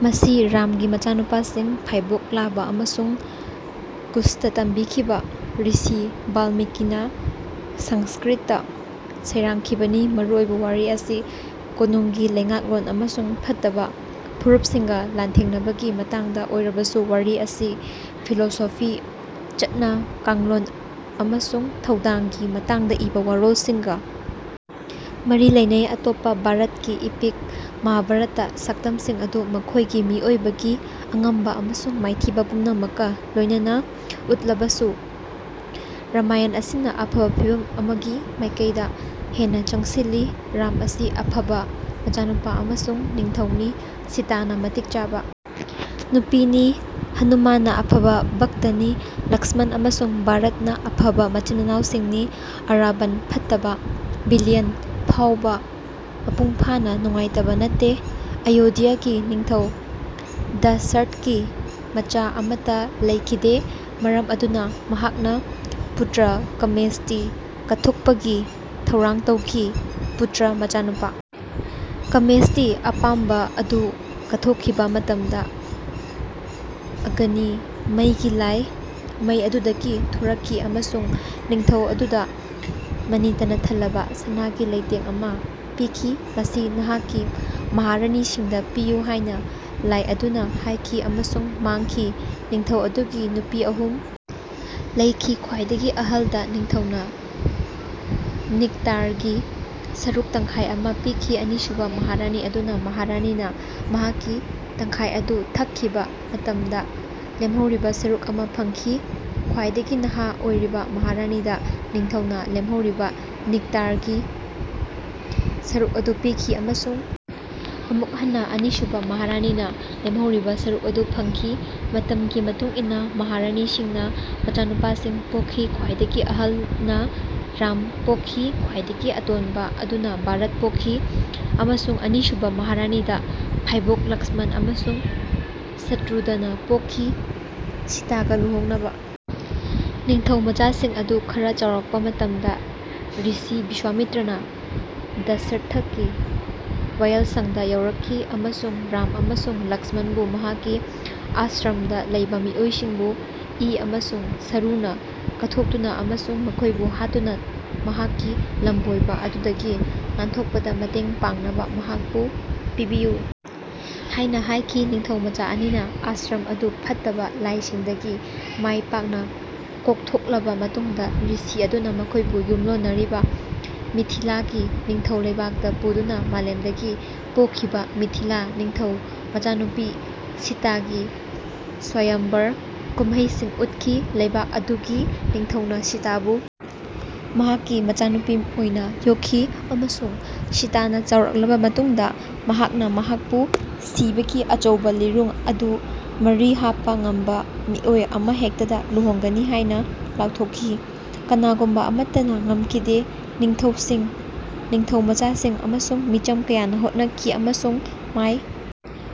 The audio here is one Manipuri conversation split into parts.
ꯃꯁꯤ ꯔꯥꯝꯒꯤ ꯃꯆꯥꯅꯨꯄꯥꯁꯤꯡ, ꯐꯥꯏꯕꯣꯛ ꯂꯥꯚꯥ ꯑꯃꯁꯨꯡ ꯀꯨꯁꯇ ꯇꯝꯕꯤꯈꯤꯕ ꯔꯤꯁꯤ ꯕꯥꯜꯃꯤꯀꯤꯅ ꯁꯪꯁ꯭ꯀ꯭ꯔꯤꯠꯇ ꯁꯩꯔꯥꯡꯈꯤꯕꯅꯤ꯫ ꯃꯔꯨꯑꯣꯏꯕ ꯋꯥꯔꯤ ꯑꯁꯤ ꯀꯣꯅꯨꯡꯒꯤ ꯂꯩꯉꯥꯛꯂꯣꯟ ꯑꯃꯁꯨꯡ ꯐꯠꯇꯕ ꯐꯨꯔꯨꯞꯁꯤꯡꯒ ꯂꯥꯟꯊꯦꯡꯅꯕꯒꯤ ꯃꯇꯥꯡꯗ ꯑꯣꯏꯔꯕꯁꯨ ꯋꯥꯔꯤ ꯑꯁꯤ ꯐꯤꯂꯣꯁꯣꯐꯤ, ꯆꯠꯅ ꯀꯥꯡꯂꯣꯟ ꯑꯃꯁꯨꯡ ꯊꯧꯗꯥꯡꯒꯤ ꯃꯇꯥꯡꯗ ꯏꯕ ꯋꯥꯔꯣꯜꯁꯤꯡꯒ ꯃꯔꯤ ꯂꯩꯅꯩ꯫ ꯑꯇꯣꯞꯄ ꯚꯥꯔꯠꯀꯤ ꯏꯄꯤꯛ ꯃꯍꯥꯚꯥꯔꯠꯇ ꯁꯛꯇꯝꯁꯤꯡ ꯑꯗꯨ ꯃꯈꯣꯏꯒꯤ ꯃꯤꯑꯣꯏꯕꯒꯤ ꯑꯉꯝꯕ ꯑꯃꯁꯨꯡ ꯃꯥꯏꯊꯤꯕ ꯄꯨꯝꯅꯃꯛꯀ ꯂꯣꯏꯅꯅ ꯎꯠꯂꯕꯁꯨ ꯔꯥꯃꯥꯌꯟ ꯑꯁꯤꯅ ꯑꯐꯕ ꯐꯤꯚꯝ ꯑꯃꯒꯤ ꯃꯥꯏꯀꯩꯗ ꯍꯦꯟꯅ ꯆꯪꯁꯤꯜꯂꯤ꯫ ꯔꯥꯝ ꯑꯁꯤ ꯑꯐꯕ ꯃꯆꯥꯅꯨꯄꯥ ꯑꯃꯁꯨꯡ ꯅꯤꯡꯊꯧꯅꯤ, ꯁꯤꯇꯥꯅ ꯃꯇꯤꯛ ꯆꯥꯕ ꯅꯨꯄꯤꯅꯤ, ꯍꯅꯨꯃꯥꯟꯅ ꯑꯐꯕ ꯚꯛꯇꯅꯤ, ꯂꯛ꯭ꯁꯃꯟ ꯑꯃꯁꯨꯡ ꯚꯥꯔꯠꯅ ꯑꯐꯕ ꯃꯆꯤꯟ-ꯃꯅꯥꯎꯁꯤꯡꯅꯤ꯫ ꯑꯔꯥꯕꯟ, ꯐꯠꯇꯕ ꯚꯤꯂꯤꯌꯟ ꯐꯥꯎꯕ ꯃꯄꯨꯡ ꯐꯥꯅ ꯅꯨꯡꯉꯥꯏꯇꯕ ꯅꯠꯇꯦ꯫ ꯑꯌꯣꯙ꯭ꯌꯥꯒꯤ ꯅꯤꯡꯊꯧ ꯗꯁꯔꯊꯀꯤ ꯃꯆꯥ ꯑꯃꯠꯇ ꯂꯩꯈꯤꯗꯦ꯫ ꯃꯔꯝ ꯑꯗꯨꯅ ꯃꯍꯥꯛꯅ ꯄꯨꯇ꯭ꯔ-ꯀꯃꯦꯁ꯭ꯇꯤ ꯀꯠꯊꯣꯛꯄꯒꯤ ꯊꯧꯔꯥꯡ ꯇꯧꯈꯤ (ꯄꯨꯇ꯭ꯔ ꯃꯆꯥꯅꯨꯄꯥ, ꯀꯃꯦꯁ꯭ꯇꯤ ꯑꯄꯥꯝꯕ ꯑꯗꯨ)꯫ ꯀꯠꯊꯣꯛꯈꯤꯕ ꯃꯇꯝꯗ, ꯑꯒꯅꯤ (ꯃꯩꯒꯤ ꯂꯥꯏ) ꯃꯩ ꯑꯗꯨꯗꯒꯤ ꯊꯣꯔꯛꯈꯤ ꯑꯃꯁꯨꯡ ꯅꯤꯡꯊꯧ ꯑꯗꯨꯗ ꯃꯅꯤꯇꯅ ꯊꯜꯂꯕ ꯁꯅꯥꯒꯤ ꯂꯩꯇꯦꯡ ꯑꯃ ꯄꯤꯈꯤ꯫ "ꯃꯁꯤ ꯅꯍꯥꯛꯀꯤ ꯃꯍꯥꯔꯥꯅꯤꯁꯤꯡꯗ ꯄꯤꯌꯨ"ꯍꯥꯏꯅ ꯂꯥꯏ ꯑꯗꯨꯅ ꯍꯥꯏꯈꯤ ꯑꯃꯁꯨꯡ ꯃꯥꯡꯈꯤ꯫ ꯅꯤꯡꯊꯧ ꯑꯗꯨꯒꯤ ꯅꯨꯄꯤ ꯑꯍꯨꯝ ꯂꯩꯈꯤ꯫ ꯈ꯭ꯋꯥꯏꯗꯒꯤ ꯑꯍꯜꯗ ꯅꯤꯡꯊꯧꯅ ꯅꯤꯛꯇꯥꯔꯒꯤ ꯁꯔꯨꯛ ꯇꯪꯈꯥꯏ ꯑꯃ ꯄꯤꯈꯤ ꯑꯅꯤꯁꯨꯕ ꯃꯍꯥꯔꯥꯅꯤ ꯑꯗꯨꯅ ꯃꯍꯥꯔꯥꯅꯤꯅ ꯃꯍꯥꯛꯀꯤ ꯇꯪꯈꯥꯏ ꯑꯗꯨ ꯊꯛꯈꯤꯕ ꯃꯇꯝꯗ ꯂꯦꯝꯍꯧꯔꯤꯕ ꯁꯔꯨꯛ ꯑꯃ ꯐꯪꯈꯤ꯫ ꯈ꯭ꯋꯥꯏꯗꯒꯤ ꯅꯍꯥ ꯑꯣꯏꯔꯤꯕ ꯃꯍꯥꯔꯥꯅꯤꯗ ꯅꯤꯡꯊꯧꯅ ꯂꯦꯝꯍꯧꯔꯤꯕ ꯅꯤꯛꯇꯥꯔꯒꯤ ꯁꯔꯨꯛ ꯑꯗꯨ ꯄꯤꯈꯤ ꯑꯃꯁꯨꯡ ꯑꯃꯨꯛ ꯍꯟꯅ ꯑꯅꯤꯁꯨꯕ ꯃꯍꯥꯔꯥꯅꯤꯅ ꯂꯦꯝꯍꯧꯔꯤꯕ ꯁꯔꯨꯛ ꯑꯗꯨ ꯐꯪꯈꯤ꯫ ꯃꯇꯝꯒꯤ ꯃꯇꯨꯡ ꯏꯟꯅ ꯃꯍꯥꯔꯥꯅꯤꯁꯤꯡꯅ ꯃꯆꯥꯅꯨꯄꯥꯁꯤꯡ ꯄꯣꯛꯈꯤ꯫ ꯈ꯭ꯋꯥꯏꯗꯒꯤ ꯑꯍꯜꯅ ꯔꯥꯝ ꯄꯣꯛꯈꯤ, ꯈ꯭ꯋꯥꯏꯗꯒꯤ ꯑꯇꯣꯟꯕ ꯑꯗꯨꯅ ꯚꯥꯔꯠ ꯄꯣꯛꯈꯤ, ꯑꯃꯁꯨꯡ ꯑꯅꯤꯁꯨꯕ ꯃꯍꯥꯔꯥꯅꯤꯗ ꯐꯥꯏꯕꯣꯛ ꯂꯛ꯭ꯁꯃꯟ ꯑꯃꯁꯨꯡ ꯁꯇ꯭ꯔꯨꯙꯅ ꯄꯣꯛꯈꯤ꯫ ꯁꯤꯇꯥꯒ ꯂꯨꯍꯣꯡꯅꯕ ꯅꯤꯡꯊꯧꯃꯆꯥꯁꯤꯡ ꯑꯗꯨ ꯈꯔ ꯆꯥꯎꯔꯛꯄ ꯃꯇꯝꯗ ꯔꯤꯁꯤ ꯕꯤꯁ꯭ꯋꯥꯃꯤꯇ꯭ꯔꯅ ꯗꯁꯔꯊꯛꯀꯤ ꯋꯥꯌꯦꯜꯁꯪꯗ ꯌꯧꯔꯛꯈꯤ ꯑꯃꯁꯨꯡ ꯔꯥꯝ ꯑꯃꯁꯨꯡ ꯂꯛ꯭ꯁꯃꯟꯕꯨ ꯃꯍꯥꯛꯀꯤ ꯑꯥꯁ꯭ꯔꯝꯗ ꯂꯩꯕ ꯃꯤꯑꯣꯏꯁꯤꯡꯕꯨ ꯏ ꯑꯃꯁꯨꯡ ꯁꯔꯨꯅ ꯀꯠꯊꯣꯛꯇꯨꯅ ꯑꯃꯁꯨꯡ ꯃꯈꯣꯏꯕꯨ ꯍꯥꯠꯇꯨꯅ ꯃꯍꯥꯛꯀꯤ ꯂꯝꯕꯣꯏꯕ ꯑꯗꯨꯗꯒꯤ ꯅꯥꯟꯊꯣꯛꯄꯗ ꯃꯇꯦꯡ ꯄꯥꯡꯅꯕ ꯃꯍꯥꯛꯄꯨ "ꯄꯤꯕꯤꯌꯨ" ꯍꯥꯏꯅ ꯍꯥꯏꯈꯤ꯫ ꯅꯤꯡꯊꯧꯃꯆꯥ ꯑꯅꯤꯅ ꯑꯥꯁ꯭ꯔꯝ ꯑꯗꯨ ꯐꯠꯇꯕ ꯂꯥꯏꯁꯤꯡꯗꯒꯤ ꯃꯥꯏ ꯄꯥꯛꯅ ꯀꯣꯛꯊꯣꯛꯂꯕ ꯃꯇꯨꯡꯗ ꯔꯤꯁꯤ ꯑꯗꯨꯅ ꯃꯈꯣꯏꯕꯨ ꯌꯨꯝꯂꯣꯟꯅꯔꯤꯕ ꯃꯤꯊꯤꯂꯥꯒꯤ ꯅꯤꯡꯊꯧ ꯂꯩꯕꯥꯛꯇ ꯄꯨꯗꯨꯅ ꯃꯥꯂꯦꯝꯗꯒꯤ ꯄꯣꯛꯈꯤꯕ ꯃꯤꯊꯤꯂꯥ ꯅꯤꯡꯊꯧ ꯃꯆꯥꯅꯨꯄꯤ ꯁꯤꯇꯥꯒꯤ ꯁ꯭ꯋꯥꯌꯝꯚꯔ ꯀꯨꯝꯍꯩꯁꯤꯡ ꯎꯠꯈꯤ꯫ ꯂꯩꯕꯥꯛ ꯑꯗꯨꯒꯤ ꯅꯤꯡꯊꯧꯅ ꯁꯤꯇꯥꯕꯨ ꯃꯍꯥꯛꯀꯤ ꯃꯆꯥꯅꯨꯄꯤ ꯑꯣꯏꯅ ꯌꯣꯛꯈꯤ ꯑꯃꯁꯨꯡ ꯁꯤꯇꯥꯅ ꯆꯥꯎꯔꯛꯂꯕ ꯃꯇꯨꯡꯗ ꯃꯍꯥꯛꯅ ꯃꯍꯥꯛꯄꯨ ꯁꯤꯕꯒꯤ ꯑꯆꯧꯕ ꯂꯤꯔꯨꯡ ꯑꯗꯨ ꯃꯔꯤ ꯍꯥꯞꯄ ꯉꯝꯕ ꯃꯤꯑꯣꯏ ꯑꯃꯍꯦꯛꯇꯗ ꯂꯨꯍꯣꯡꯒꯅꯤ ꯍꯥꯏꯅ ꯂꯥꯎꯊꯣꯛꯈꯤ꯫ ꯀꯅꯥꯒꯨꯝꯕ ꯑꯃꯠꯇꯅ ꯉꯝꯈꯤꯗꯦ꯫ ꯅꯤꯡꯊꯧꯁꯤꯡ, ꯅꯤꯡꯊꯧꯃꯆꯥꯁꯤꯡ ꯑꯃꯁꯨꯡ ꯃꯤꯆꯝ ꯀꯌꯥꯅ ꯍꯣꯠꯅꯈꯤ ꯑꯃꯁꯨꯡ ꯃꯥꯏ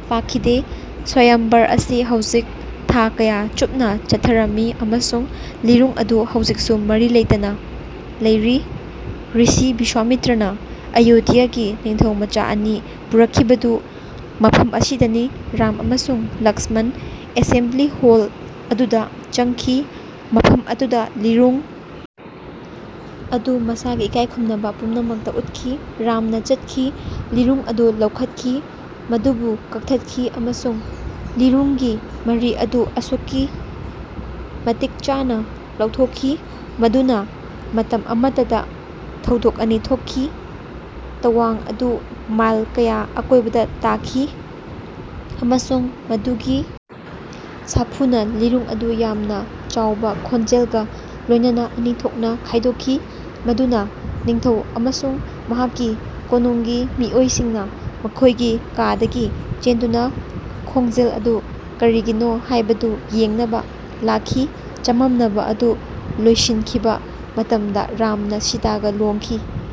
ꯄꯥꯛꯈꯤꯗꯦ꯫ ꯁ꯭ꯋꯥꯌꯝꯚꯔ ꯑꯁꯤ ꯍꯧꯖꯤꯛ ꯊꯥ ꯀꯌꯥ ꯆꯨꯞꯅ ꯆꯠꯊꯔꯝꯃꯤ ꯑꯃꯁꯨꯡ ꯂꯤꯔꯨꯡ ꯑꯗꯨ ꯍꯧꯖꯤꯛꯁꯨ ꯃꯔꯤ ꯂꯩꯇꯅ ꯂꯩꯔꯤ꯫ ꯔꯤꯁꯤ ꯕꯤꯁ꯭ꯋꯥꯃꯤꯇ꯭ꯔꯅ ꯑꯌꯣꯙ꯭ꯌꯥꯒꯤ ꯅꯤꯡꯊꯧꯃꯆꯥ ꯑꯅꯤ ꯄꯨꯔꯛꯈꯤꯕꯗꯨ ꯃꯐꯝ ꯑꯁꯤꯗꯅꯤ꯫ ꯔꯥꯝ ꯑꯃꯁꯨꯡ ꯂꯛ꯭ꯁꯃꯟ ꯑꯦꯁꯦꯝꯕ꯭ꯂꯤ ꯍꯣꯜ ꯑꯗꯨꯗ ꯆꯪꯈꯤ ꯃꯐꯝ ꯑꯗꯨꯗ ꯂꯤꯔꯨꯡ ꯑꯗꯨ ꯃꯁꯥꯒꯤ ꯏꯀꯥꯏꯈꯨꯝꯅꯕ ꯄꯨꯝꯅꯃꯛꯇ ꯎꯠꯈꯤ꯫ ꯔꯥꯝꯅ ꯆꯠꯈꯤ, ꯂꯤꯔꯨꯡ ꯑꯗꯨ ꯂꯧꯈꯠꯈꯤ, ꯃꯗꯨꯕꯨ ꯀꯛꯊꯠꯈꯤ, ꯑꯃꯁꯨꯡ ꯂꯤꯔꯨꯡꯒꯤ ꯃꯔꯤ ꯑꯗꯨ ꯑꯁꯨꯛꯀꯤ ꯃꯇꯤꯛ ꯆꯥꯅ ꯂꯧꯊꯣꯛꯈꯤ ꯃꯗꯨꯅ ꯃꯇꯝ ꯑꯃꯇꯗ ꯊꯧꯗꯣꯛ ꯑꯅꯤ ꯊꯣꯛꯈꯤ꯫ꯇꯋꯥꯡ ꯑꯗꯨ ꯃꯥꯏꯜ ꯀꯌꯥ ꯑꯀꯣꯏꯕꯗ ꯇꯥꯈꯤ, ꯑꯃꯁꯨꯡ ꯃꯗꯨꯒꯤ ꯁꯥꯐꯨꯅ ꯂꯤꯔꯨꯡ ꯑꯗꯨ ꯌꯥꯝꯅ ꯆꯥꯎꯕ ꯈꯣꯟꯖꯦꯜꯒ ꯂꯣꯏꯅꯅ ꯑꯅꯤ ꯊꯣꯛꯅ ꯈꯥꯏꯗꯣꯛꯈꯤ ꯃꯗꯨꯅ ꯅꯤꯡꯊꯧ ꯑꯃꯁꯨꯡ ꯃꯍꯥꯛꯀꯤ ꯀꯣꯅꯨꯡꯒꯤ ꯃꯤꯑꯣꯏꯁꯤꯡꯅ ꯃꯈꯣꯏꯒꯤ ꯀꯥꯗꯒꯤ ꯆꯦꯟꯗꯨꯅ ꯈꯣꯡꯖꯦꯜ ꯑꯗꯨ ꯀꯔꯤꯒꯤꯅꯣ ꯍꯥꯏꯕꯗꯨ ꯌꯦꯡꯅꯕ ꯂꯥꯛꯈꯤ꯫ ꯆꯃꯝꯅꯕ ꯑꯗꯨ ꯂꯣꯏꯁꯤꯟꯈꯤꯕ ꯃꯇꯝꯗ ꯔꯥꯝꯅ ꯁꯤꯇꯥꯒ ꯂꯨꯍꯣꯡꯈꯤ꯫